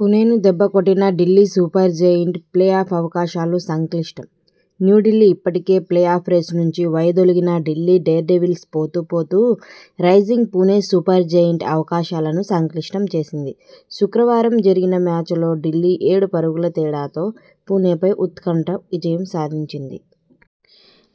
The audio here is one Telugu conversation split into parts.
పుణెను దెబ్బకొట్టిన ఢిల్లీ సూపర్జెయింట్ ప్లే ఆఫ్ అవకాశాలు సంక్లిష్టం న్యూఢిల్లీ ఇప్పటికే ప్లే ఆఫ్ రేసు నుంచి వైదొలిగిన ఢిల్లీ డేర్డెవిల్స్ పోతూపోతూ రైజింగ్ పుణె సూపర్జెయింట్ అవకాశాలను సంక్లిష్టం చేసింది. శుక్రవారం జరిగిన మ్యాచలో ఢిల్లీ ఏడు పరుగుల తేడాతో పుణెపై ఉత్కంఠ విజయం సాధించింది.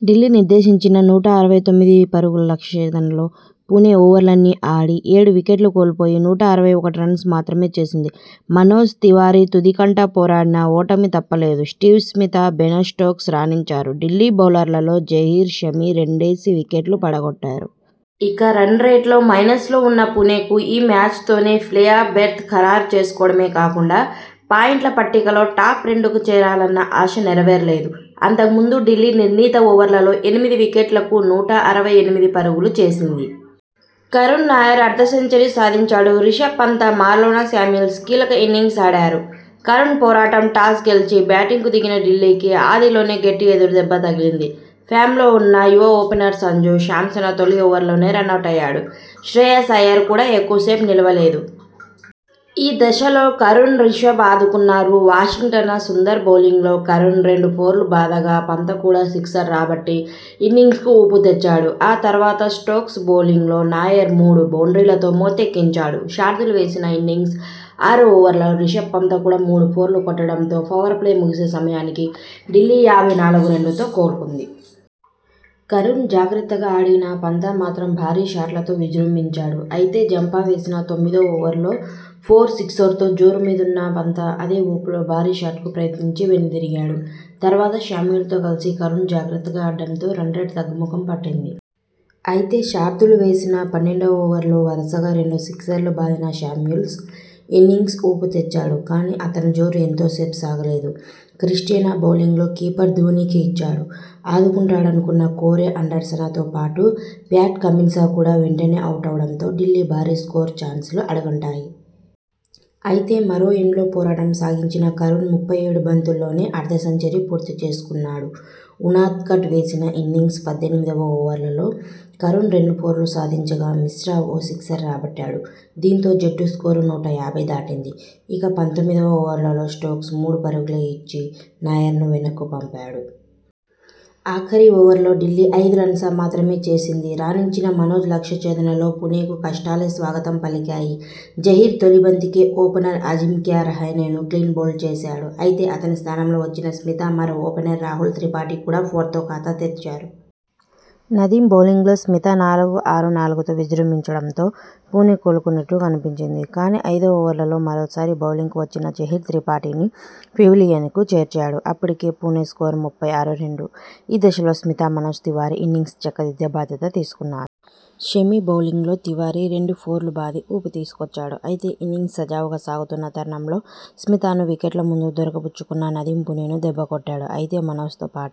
ఢిల్లీ నిర్దేశించిన నూట అరవై తొమ్మిది పరుగుల లక్ష్య ఛేదనలో పుణె ఓవర్లన్నీ ఆడి ఏడు వికెట్లు కోల్పోయి నూట అరవై ఒకటి రన్స్ మాత్రమే చేసింది. మనోజ్ తివారి తుదికంటా పోరాడినా ఓటమి తప్పలేదు. స్టీవ్ స్మిత, బెన స్టోక్స్ రాణించారు. ఢిల్లీ బౌలర్లలో జహీర్, షమి రెండేసి వికెట్లు పడగొట్టారు. ఇక రన్ రేట్లో మైన్సలో ఉన్న పుణెకు ఈ మ్యాచతోనే ప్లే ఆఫ్ బెర్త్ ఖరారు చేసుకోవడమే కాకుండా పాయింట్ల పట్టికలో టాప్ రెండు కి చేరాలన్న ఆశ నెరవేరలేదు. అంతకుముందు ఢిల్లీ నిర్ణీత ఓవర్లలో ఎనిమిది వికెట్లకు నూట అరవై ఎనిమిది పరుగులు చేసింది. కరుణ్ నాయర్ అర్ధ సెంచరీ సాధించాడు. రిషభ్ పంత, మార్లోన శామ్యూల్స్ కీలక ఇన్నింగ్స్ ఆడారు. కరుణ్ పోరాటం టాస్ గెలిచి బ్యాటింగ్కు దిగిన ఢిల్లీకి ఆదిలోనే గట్టి ఎదురుదెబ్బ తగిలింది. ఫామ్లో ఉన్న యువ ఓపెనర్ సంజూ శాంసన తొలి ఓవర్లోనే రనౌటయ్యాడు. శ్రేయాస్ అయ్యర్ కూడా ఎక్కువ సేపు నిలవలేదు. ఈ దశలో కరుణ్, రిషభ్ ఆదుకున్నారు. వాషింగ్టన సుందర్ బౌలింగ్లో కరుణ్ రెండు ఫోర్లు బాదగా పంత కూడా సిక్సర్ రాబట్టి ఇన్నింగ్స్కు ఊపు తెచ్చాడు. ఆ తర్వాత స్టోక్స్ బౌలింగ్లో నాయర్ మూడు బౌండ్రీలతో మోతెక్కించాడు. శార్దూల్ వేసిన ఇన్నింగ్స్ ఆరో ఓవర్లో రిషభ్ పంత కూడా మూడు ఫోర్లు కొట్టడంతో పవర్ ప్లే ముగిసే సమయానికి ఢిల్లీ యాభై నాలుగు రెండుతో కోలుకుంది. కరుణ్ జాగ్రత్తగా ఆడినా పంత మాత్రం భారీ షాట్లతో విజృంభించాడు. అయితే జంపా వేసిన తొమ్మిదో ఓవర్లో ఫోర్, సిక్సర్తో జోరు మీదున్న పంత అదే ఊపులో భారీ షాట్కు ప్రయత్నించి వెనుదిరిగాడు. తర్వాత శామ్యూల్స్తో కలిసి కరుణ్ జాగ్రత్తగా ఆడడంతో రనరేట్ తగ్గుముఖం పట్టింది. అయితే శార్దూల్ వేసిన పన్నెండువ ఓవర్లో వరుసగా రెండు సిక్సర్లు బాదిన శామ్యూల్స్ ఇన్నింగ్స్కు ఊపుతెచ్చాడు. కానీ అతని జోరు ఎంతో సేపు సాగలేదు. క్రిస్టియన బౌలింగ్లో కీపర్ ధోనీకి చిక్కాడు. ఆదుకుంటాడనుకున్న కోరె అండర్సన తోపాటు ప్యాట్ కమిన్స కూడా వెంటనే అవుటవడంతో ఢిల్లీ భారీ స్కోరు చాన్సలు అడుగంటాయి. అయితే మరో ఎండ్లో పోరాటం సాగించిన కరుణ్ ముప్పై ఏడు బంతుల్లోనే అర్ధ సెంచరీ పూర్తిచేసుకున్నాడు. ఉనాద్కట్ వేసిన ఇన్నింగ్స్ పద్దెనిమిదివ ఓవర్లో కరుణ్ రెండు ఫోర్లు సాధించగా, మిశ్రా ఓ సిక్సర్ రాబట్టాడు. దీంతో జట్టు స్కోరు నూట యాభై దాటింది. ఇక పంతొమ్మిదివ ఓవర్లో స్టోక్స్ మూడు పరుగులే ఇచ్చి నాయర్ను వెనక్కుపంపాడు. ఆఖరి ఓవర్లో ఢిల్లీ ఐదు రన్స మాత్రమే చేసింది. రాణించిన మనోజ్ లక్ష్య ఛేదనలో పుణెకు కష్టాలే స్వాగతం పలికాయి. జహీర్ తొలి బంతికే ఓపెనర్ అజింక్యా రహానె ను క్లీన్ బౌల్డ్ చేశాడు. అయితే అతని స్థానంలో వచ్చిన స్మిత, మరో ఓపెనర్ రాహుల్ త్రిపాఠి కూడా ఫోర్తో ఖాతా తెరిచారు. నదీమ్ బౌలింగ్లో స్మిత నాలుగు, ఆరు, నాలుగుతో విజృంభించడంతో పుణె కోలుకున్నట్టు కనిపించింది. కానీ ఐదో ఓవర్లో మరోసారి బౌలింగ్కు వచ్చిన జహీర్ త్రిపాఠిని పెవిలియనకు చేర్చాడు. అప్పటికి పుణె స్కోరు ముప్పై ఆరు/రెండు. ఈ దశలో స్మిత, మనోజ్ తివారి ఇన్నింగ్స్ను చక్కదిద్దే బాధ్యత తీసుకున్నారు. షమి బౌలింగ్లో తివారి రెండు ఫోర్లు బాది ఊపు తీసుకొచ్చాడు. అయితే ఇన్నింగ్స్ సజావుగా సాగుతున్న తరుణంలో స్మితను వికెట్ల ముందు దొరక బుచ్చుకున్న నదీమ్ పుణెను దెబ్బకొట్టాడు. అయితే మనోజ్తోపాటు